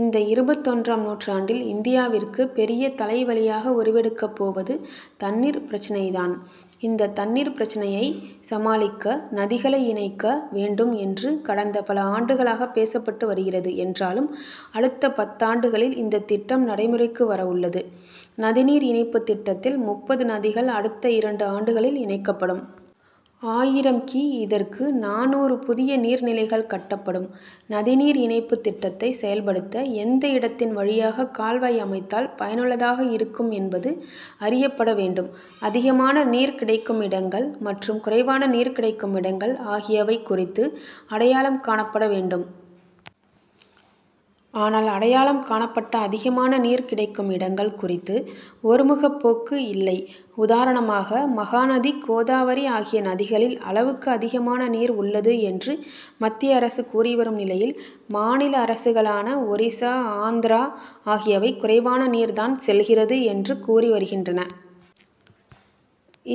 இந்த இருபத்தொன்றாம் நூற்றாண்டில் இந்தியாவிற்கு பெரிய தலைவலியாக உருவெடுக்கப் போவது தண்ணீர் பிரச்னை தான். இந்த தண்ணீர் பிரச்னையை சமாளிக்க நதிகளை இணைக்க வேண்டும் என்று கடந்த பல ஆண்டுகளாக பேசப்பட்டு வருகிறது. என்றாலும் அடுத்த பத்தாண்டுகளில் இந்த திட்டம் நடைமுறைக்கு வர உள்ளது. நதிநீர் இணைப்பு திட்டத்தில் முப்பது நதிகள் அடுத்த இரண்டு ஆண்டுகளில் இணைக்கப்படும். ஆயிரம் கி. இதற்காக நானூறு புதிய நீர் நிலைகள் கட்டப்படும். நதிநீர் இணைப்பு திட்டத்தை செயல்படுத்த எந்த இடத்தின் வழியாக கால்வாய் அமைத்தால் பயனுள்ளதாக இருக்கும் என்பது அறியப்பட வேண்டும். அதிகமான நீர் கிடைக்கும் இடங்கள் மற்றும் குறைவான நீர் கிடைக்கும் இடங்கள் ஆகியவை குறித்து அடையாளம் காணப்பட வேண்டும். ஆனால் அடையாளம் காணப்பட்ட அதிகமான நீர் கிடைக்கும் இடங்கள் குறித்து ஒருமுகப்போக்கு இல்லை. உதாரணமாக மகாநதி கோதாவரி ஆகிய நதிகளில் அளவுக்கு அதிகமான நீர் உள்ளது என்று மத்திய அரசு கூறிவரும் நிலையில் மாநில அரசுகளான ஒரிசா ஆந்திரா ஆகியவை குறைவான நீர் தான் செல்கிறது என்று கூறி வருகின்றன.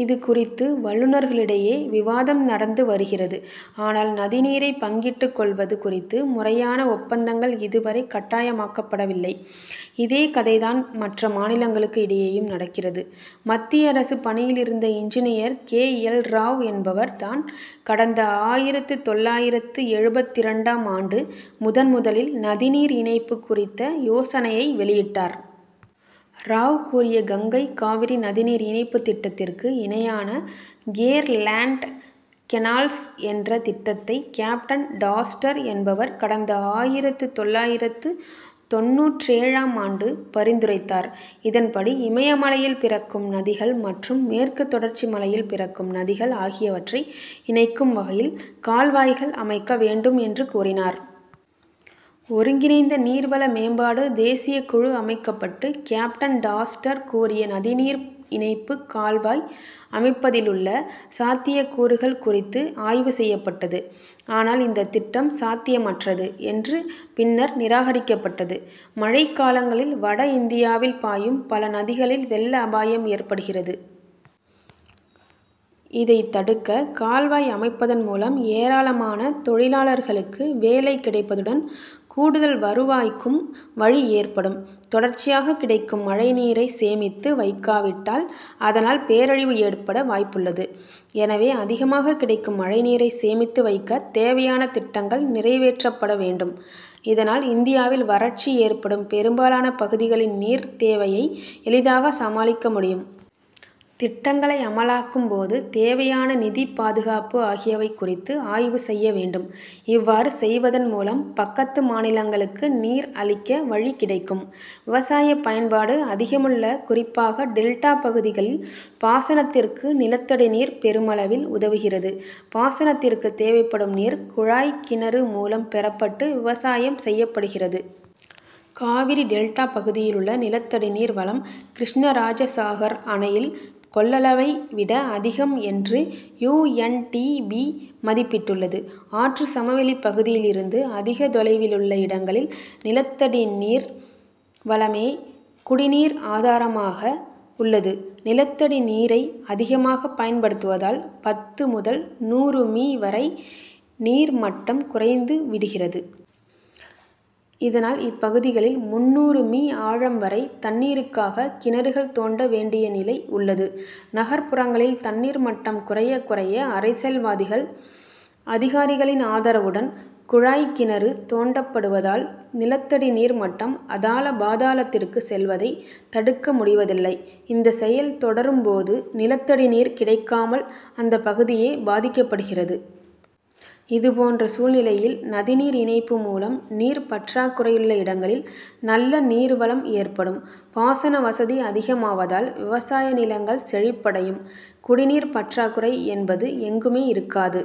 இதுகுறித்து வல்லுனர்களிடையே விவாதம் நடந்து வருகிறது. ஆனால் நதிநீரை பங்கிட்டுக் கொள்வது குறித்து முறையான ஒப்பந்தங்கள் இதுவரை கட்டாயமாக்கப்படவில்லை. இதே கதைதான் மற்ற மாநிலங்களுக்கு இடையேயும் நடக்கிறது. மத்திய அரசு பணியிலிருந்த இன்ஜினியர் கே. எல். ராவ் என்பவர் தான் கடந்த ஆயிரத்து தொள்ளாயிரத்து எழுபத்திரண்டாம் ஆண்டு முதன்முதலில் நதிநீர் இணைப்பு குறித்த யோசனையை வெளியிட்டார். ராவ் கூறிய கங்கை காவிரி நதிநீர் இணைப்பு திட்டத்திற்கு இணையான கேர்லேண்ட் கெனால்ஸ் என்ற திட்டத்தை கேப்டன் டாஸ்டர் என்பவர் கடந்த ஆயிரத்து தொள்ளாயிரத்து தொண்ணூற்றேழாம் ஆண்டு பரிந்துரைத்தார். இதன்படி இமயமலையில் பிறக்கும் நதிகள் மற்றும் மேற்கு தொடர்ச்சி மலையில் பிறக்கும் நதிகள் ஆகியவற்றை இணைக்கும் வகையில் கால்வாய்கள் அமைக்க வேண்டும் என்று கூறினார். ஒருங்கிணைந்த நீர்வள மேம்பாடு தேசிய குழு அமைக்கப்பட்டு கேப்டன் டாஸ்டர் கூறிய நதிநீர் இணைப்பு கால்வாய் அமைப்பதிலுள்ள சாத்தியக்கூறுகள் குறித்து ஆய்வு செய்யப்பட்டது. ஆனால் இந்த திட்டம் சாத்தியமற்றது என்று பின்னர் நிராகரிக்கப்பட்டது. மழைக்காலங்களில் வட இந்தியாவில் பாயும் பல நதிகளில் வெள்ள அபாயம் ஏற்படுகிறது. இதை தடுக்க கால்வாய் அமைப்பதன் மூலம் ஏராளமான தொழிலாளர்களுக்கு வேலை கிடைப்பதுடன் கூடுதல் வருவாய்க்கும் வழி ஏற்படும். தொடர்ச்சியாக கிடைக்கும் மழைநீரை சேமித்து வைக்காவிட்டால் அதனால் பேரழிவு ஏற்பட வாய்ப்புள்ளது. எனவே அதிகமாக கிடைக்கும் மழைநீரை சேமித்து வைக்க தேவையான திட்டங்கள் நிறைவேற்றப்பட வேண்டும். இதனால் இந்தியாவில் வறட்சி ஏற்படும் பெரும்பாலான பகுதிகளின் நீர் தேவையை எளிதாக சமாளிக்க முடியும். திட்டங்களை அமலாக்கும் போது தேவையான நிதி பாதுகாப்பு ஆகியவை குறித்து ஆய்வு செய்ய வேண்டும். இவ்வாறு செய்வதன் மூலம் பக்கத்து மாநிலங்களுக்கு நீர் அளிக்க வழி கிடைக்கும். விவசாய பயன்பாடு அதிகமுள்ள குறிப்பாக டெல்டா பகுதிகளில் பாசனத்திற்கு நிலத்தடி நீர் பெருமளவில் உதவுகிறது. பாசனத்திற்கு தேவைப்படும் நீர் குழாய் கிணறு மூலம் பெறப்பட்டு விவசாயம் செய்யப்படுகிறது. காவிரி டெல்டா பகுதியிலுள்ள நிலத்தடிநீர் வளம் கிருஷ்ணராஜசாகர் அணையில் கொள்ளளவை விட அதிகம் என்று யூ. என். டி. பி. மதிப்பிட்டுள்ளது. ஆற்று சமவெளி பகுதியிலிருந்து அதிக தொலைவிலுள்ள இடங்களில் நிலத்தடி நீர்வளமே குடிநீர் ஆதாரமாக உள்ளது. நிலத்தடி நீரை அதிகமாக பயன்படுத்துவதால் பத்து முதல் நூறு மீ வரை நீர் மட்டம் குறைந்து விடுகிறது. இதனால் இப்பகுதிகளில் முந்நூறு மீ ஆழம் வரை தண்ணீருக்காக கிணறுகள் தோண்ட வேண்டிய நிலை உள்ளது. நகர்புறங்களில் தண்ணீர் மட்டம் குறைய குறைய அரசியல்வாதிகள் அதிகாரிகளின் ஆதரவுடன் குழாய் கிணறு தோண்டப்படுவதால் நிலத்தடிநீர் மட்டம் அதாள பாதாளத்திற்கு செல்வதை தடுக்க முடிவதில்லை. இந்த செயல் தொடரும் போது நிலத்தடி நீர் கிடைக்காமல் அந்த பகுதியே பாதிக்கப்படுகிறது. இதுபோன்ற சூழ்நிலையில் நதிநீர் இணைப்பு மூலம் நீர் பற்றாக்குறையுள்ள இடங்களில் நல்ல நீர் வளம் ஏற்படும். பாசன வசதி அதிகமாவதால் விவசாய நிலங்கள் செழிப்படையும். குடிநீர் பற்றாக்குறை என்பது எங்குமே இருக்காது.